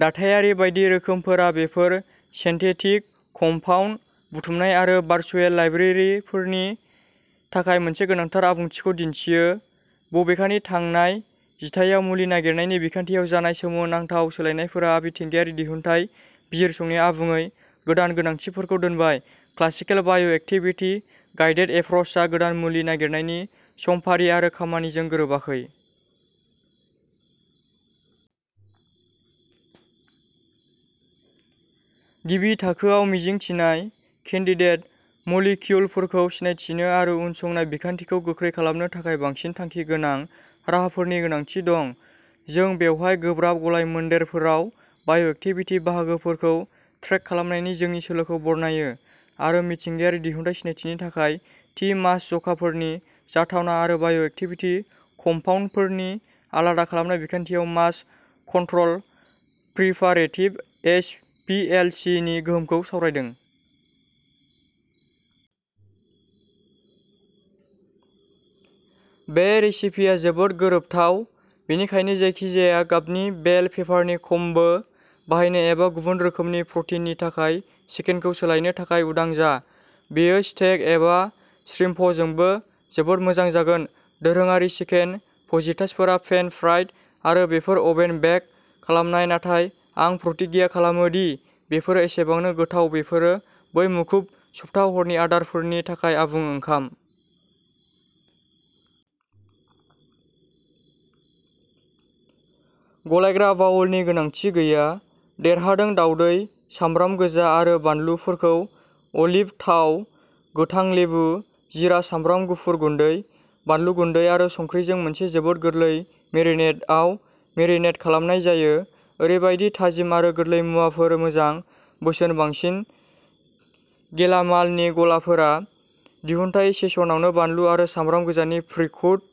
दाथायारि बायदि रोखोमफोरा बेफोर सिन्थेटिक कम्पाउन्ड बुथुमनाय आरो भारसुएल लाइब्रेरिफोरनि थाखाय मोनसे गोनांथार आबुंथिखौ दिन्थियो। बबेखानि थांनाय जिथाइयाव मुलि नागिरनायनि बिखान्थियाव जानाय सोमोनांथाव सोलायनायफोरा मिथिंगायारि दिहुनथाय बिजिरसंनायाव आबुङै गोदान गोनांथिफोरखौ दोनबाय। क्लासिकेल बाय'एक्टिभिटि गाइडेड एप्रोचआ गोदान मुलि नागिरनायनि समफारि आरो खामानिजों गोरोबाखै। गिबि थाखोआव मिजिं थिनाय केन्डिडेट मलिक्युलफोरखौ सिनायथिनो आरो उनसंनाय बिखान्थिखौ गोख्रै खालामनो थाखाय बांसिन थांखि गोनां राहाफोरनि गोनांथि दं। जों बेवहाय गोब्राब गलायमोन्देरफोराव बाय'एक्टिबिटि बाहागोफोरखौ ट्रेक खालामनायनि जोंनि सोलोखौ बरनायो आरो मिथिंगायारि दिहुनथाय सिनायथिनि थाखाय थि मास जखाफोरनि जाथावना आरो बाय'एक्टिबिटि कम्पाउन्डफोरनि आलादा खालामनाय बिखान्थियाव mass controlled preparative H P L C नि गोहोमखौ सावरायदों। बे रेसिपिया जोबोद गोरोबथाव। बेनिखायनो जायखिजाया गाबनि बेल पेपारनि कम्बो बाहायनो एबा गुबुन रोखोमनि प्रटिननि थाखाय चिकेनखौ सोलायनो थाखाय उदां जा। बेयो स्टेक एबा श्रिमपजोंबो जोबोद मोजां जागोन। दोरोङारि चिकेन फजितासफोरा पेन फ्राइड आरो बेफोर अभेन बेक खालामनाय नाथाय आं प्रतिज्ञा खालामो दि बेफोरो एसेबांनो गोथाव बेफोरो बै मुखुब सप्ता हरनि आदारफोरनि थाखाय आबुं ओंखाम। गलायग्रा बावलनि गोनांथि गैया। देरहादों दावदै सामब्राम गोजा आरो बानलुफोरखौ अलिभ थाव, गोथां लेबु, जीरा, सामब्राम गुफुर गुन्दै, बानलु गुन्दै आरो संख्रिजों मोनसे जोबोद गोरलै मेरिनेडआव मेरिनेट खालामनाय जायो। ओरैबायदि थाजिम आरो गोरलै मुवाफोर मोजां बोसोन बांसिन गेलामालनि गलाफोरा दिहुनथाइ सेशनावनो बानलु आरो सामब्राम गोजानि प्रिकुट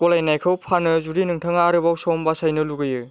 गलायनायखौ फानो जुदि नोंथाङा आरोबाव सम बासायनो लुगैयो।